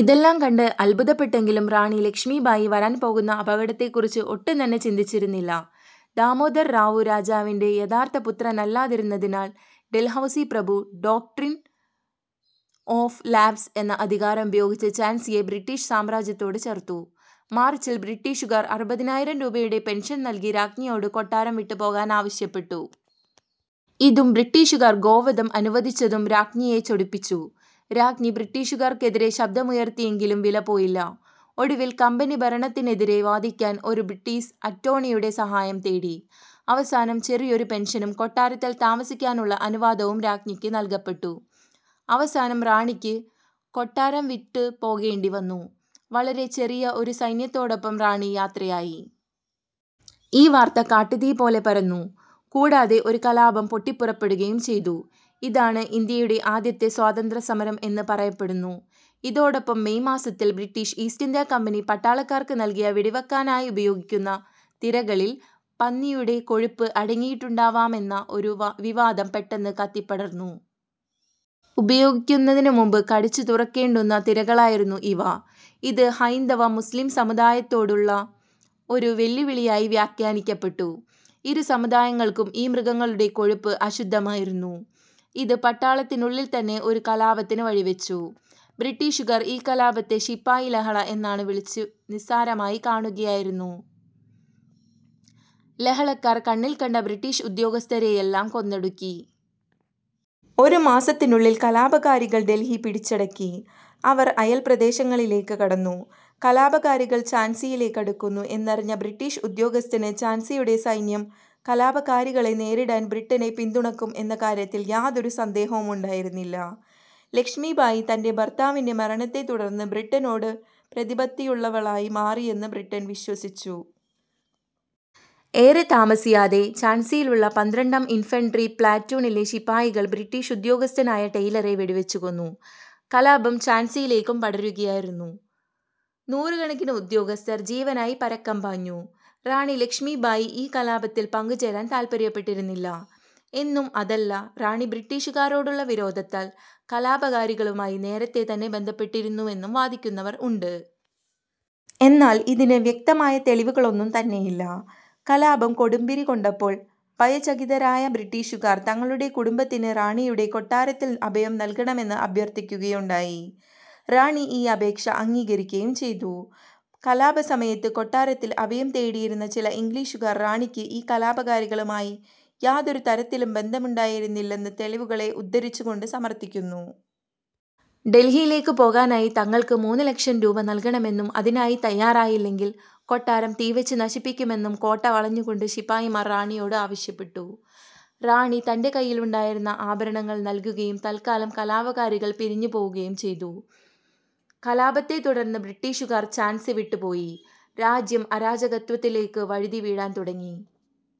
ഇതെല്ലാം കണ്ട് അത്ഭുതപ്പെട്ടെങ്കിലും റാണീ ലക്ഷ്മീബായി വരാൻ പോകുന്ന അപകടത്തെക്കുറിച്ച് ഒട്ടും തന്നെ ചിന്തിച്ചിരുന്നില്ല. ദാമോദർ റാവു രാജാവിന്റെ യഥാർത്ഥ പുത്രനല്ലാതിരുന്നതിനാൽ ഡൽഹൗസി പ്രഭു ഡോക്ട്രിൻ ഓഫ് ലാപ്സ് എന്ന അധികാരം ഉപയോഗിച്ച് ഝാൻസിയെ ബ്രിട്ടീഷ് സാമ്രാജ്യത്തോട് ചേർത്തു. മാർച്ചിൽ ബ്രിട്ടീഷുകാർ അറുപതിനായിരം രൂപയുടെ പെൻഷൻ നൽകി രാജ്ഞിയോട് കൊട്ടാരം വിട്ടുപോകാനാവശ്യപ്പെട്ടു. ഇതും ബ്രിട്ടീഷുകാർ ഗോവധം അനുവദിച്ചതും രാജ്ഞിയെ ചൊടിപ്പിച്ചു. രാജ്ഞി ബ്രിട്ടീഷുകാർക്കെതിരെ ശബ്ദമുയർത്തിയെങ്കിലും വിലപ്പോയില്ല. ഒടുവിൽ കമ്പനിഭരണത്തിനെതിരെ വാദിക്കാൻ ഒരു ബ്രിട്ടീസ് അറ്റോർണിയുടെ സഹായം തേടി. അവസാനം ചെറിയൊരു പെൻഷനും കൊട്ടാരത്തിൽ താമസിക്കാനുള്ള അനുവാദവും രാജ്ഞിക്ക് നൽകപ്പെട്ടു. അവസാനം റാണിക്ക് കൊട്ടാരം വിട്ടു പോകേണ്ടി വന്നു. വളരെ ചെറിയ ഒരു സൈന്യത്തോടൊപ്പം റാണി യാത്രയായി. ഈ വാർത്ത കാട്ടു തീപോലെ പരന്നു, കൂടാതെ ഒരു കലാപം പൊട്ടിപ്പുറപ്പെടുകയും ചെയ്തു. ഇതാണ് ഇന്ത്യയുടെ ആദ്യത്തെ സ്വാതന്ത്ര്യ സമരം എന്ന് പറയപ്പെടുന്നു. ഇതോടൊപ്പം മെയ് മാസത്തിൽ ബ്രിട്ടീഷ് ഈസ്റ്റ് ഇന്ത്യ കമ്പനി പട്ടാളക്കാർക്ക് നൽകിയ വെടിവെക്കാനായി ഉപയോഗിക്കുന്ന തിരകളിൽ പന്നിയുടെ കൊഴുപ്പ് അടങ്ങിയിട്ടുണ്ടാവാമെന്ന ഒരു വിവാദം പെട്ടെന്ന് കത്തിപ്പടർന്നു. ഉപയോഗിക്കുന്നതിനു മുമ്പ് കടിച്ചു തുറക്കേണ്ടുന്ന തിരകളായിരുന്നു ഇവ. ഇത് ഹൈന്ദവ, മുസ്ലീം സമുദായത്തോടുള്ള ഒരു വെല്ലുവിളിയായി വ്യാഖ്യാനിക്കപ്പെട്ടു. ഇരു സമുദായങ്ങൾക്കും ഈ മൃഗങ്ങളുടെ കൊഴുപ്പ് അശുദ്ധമായിരുന്നു. ഇത് പട്ടാളത്തിനുള്ളിൽ തന്നെ ഒരു കലാപത്തിനു വഴിവെച്ചു. ബ്രിട്ടീഷുകാർ ഈ കലാപത്തെ ശിപായിലഹള എന്നാണ് വിളിച്ച് നിസ്സാരമായികാണുകയായിരുന്നു. ലഹളക്കാർ കണ്ണിൽകണ്ട ബ്രിട്ടീഷ് ഉദ്യോഗസ്ഥരേയെല്ലാം കൊന്നൊടുക്കി. ഒരു മാസത്തിനുള്ളിൽ കലാപകാരികൾ ഡെൽഹി പിടിച്ചടക്കി. അവർ അയൽപ്രദേശങ്ങളിലേക്ക് കടന്നു. കലാപകാരികൾ ഝാൻസിയിലേക്കടുക്കുന്നു എന്നറിഞ്ഞ ബ്രിട്ടീഷ് ഉദ്യോഗസ്ഥന് ഝാൻസിയുടെ സൈന്യം കലാപകാരികളെ നേരിടാൻ ബ്രിട്ടനെ പിന്തുണക്കും എന്ന കാര്യത്തിൽ യാതൊരു സന്ദേഹവുമുണ്ടായിരുന്നില്ല. ലക്ഷ്മീബായി തന്റെ ഭർത്താവിന്റെ മരണത്തെ തുടർന്ന് ബ്രിട്ടനോട് പ്രതിപത്തിയുള്ളവളായി മാറിയെന്ന് ബ്രിട്ടൻ വിശ്വസിച്ചു. ഏറെ താമസിയാതെ ഝാൻസിയിലുള്ള പന്ത്രണ്ടാം ഇൻഫൻട്രി പ്ലാറ്റൂണിലെ ശിപായികൾ ബ്രിട്ടീഷ് ഉദ്യോഗസ്ഥനായ ടെയ്ലറെ വെടിവെച്ചു കൊന്നു. കലാപം ഝാൻസിയിലേക്കും പടരുകയായിരുന്നു. നൂറുകണക്കിനു ഉദ്യോഗസ്ഥർ ജീവനായി പരക്കം പാഞ്ഞു. റാണി ലക്ഷ്മീബായി ഈ കലാപത്തിൽ പങ്കുചേരാൻ താൽപര്യപ്പെട്ടിരുന്നില്ല എന്നും അതല്ല റാണി ബ്രിട്ടീഷുകാരോടുള്ള വിരോധത്താൽ കലാപകാരികളുമായി നേരത്തേ തന്നെ ബന്ധപ്പെട്ടിരുന്നുവെന്നും വാദിക്കുന്നവർ ഉണ്ട്. എന്നാൽ ഇതിന് വ്യക്തമായ തെളിവുകളൊന്നും തന്നെയില്ല. കലാപം കൊടുമ്പിരിക്കൊണ്ടപ്പോൾ ഭയചകിതരായ ബ്രിട്ടീഷുകാർ തങ്ങളുടെ കുടുംബത്തിന് റാണിയുടെ കൊട്ടാരത്തിൽ അഭയം നൽകണമെന്ന് അഭ്യർത്ഥിക്കുകയുണ്ടായി. റാണി ഈ അപേക്ഷ അംഗീകരിക്കുകയും ചെയ്തു. കലാപസമയത്ത് കൊട്ടാരത്തിൽ അഭയം തേടിയിരുന്ന ചില ഇംഗ്ലീഷുകാർ റാണിക്ക് ഈ കലാപകാരികളുമായി യാതൊരു തരത്തിലും ബന്ധമുണ്ടായിരുന്നില്ലെന്ന് തെളിവുകളെ ഉദ്ധരിച്ചുകൊണ്ട് സമർത്ഥിക്കുന്നു. ഡെൽഹിയിലേക്കു പോകാനായി തങ്ങൾക്ക് മൂന്നു ലക്ഷം രൂപ നൽകണമെന്നും അതിനു തയ്യാറായില്ലെങ്കിൽ കൊട്ടാരം തീവെച്ചു നശിപ്പിക്കുമെന്നും കോട്ട വളഞ്ഞുകൊണ്ട് ശിപായിമാർ റാണിയോട് ആവശ്യപ്പെട്ടു. റാണി തന്റെ കയ്യിലുണ്ടായിരുന്ന ആഭരണങ്ങൾ നൽകുകയും തൽക്കാലം കലാപകാരികൾ പിരിഞ്ഞുപോവുകയും ചെയ്തു. കലാപത്തെതുടർന്ന് ബ്രിട്ടീഷുകാർ ഝാൻസി വിട്ടുപോയി, രാജ്യം അരാജകത്വത്തിലേക്കു വഴുതിവീഴാൻ തുടങ്ങി.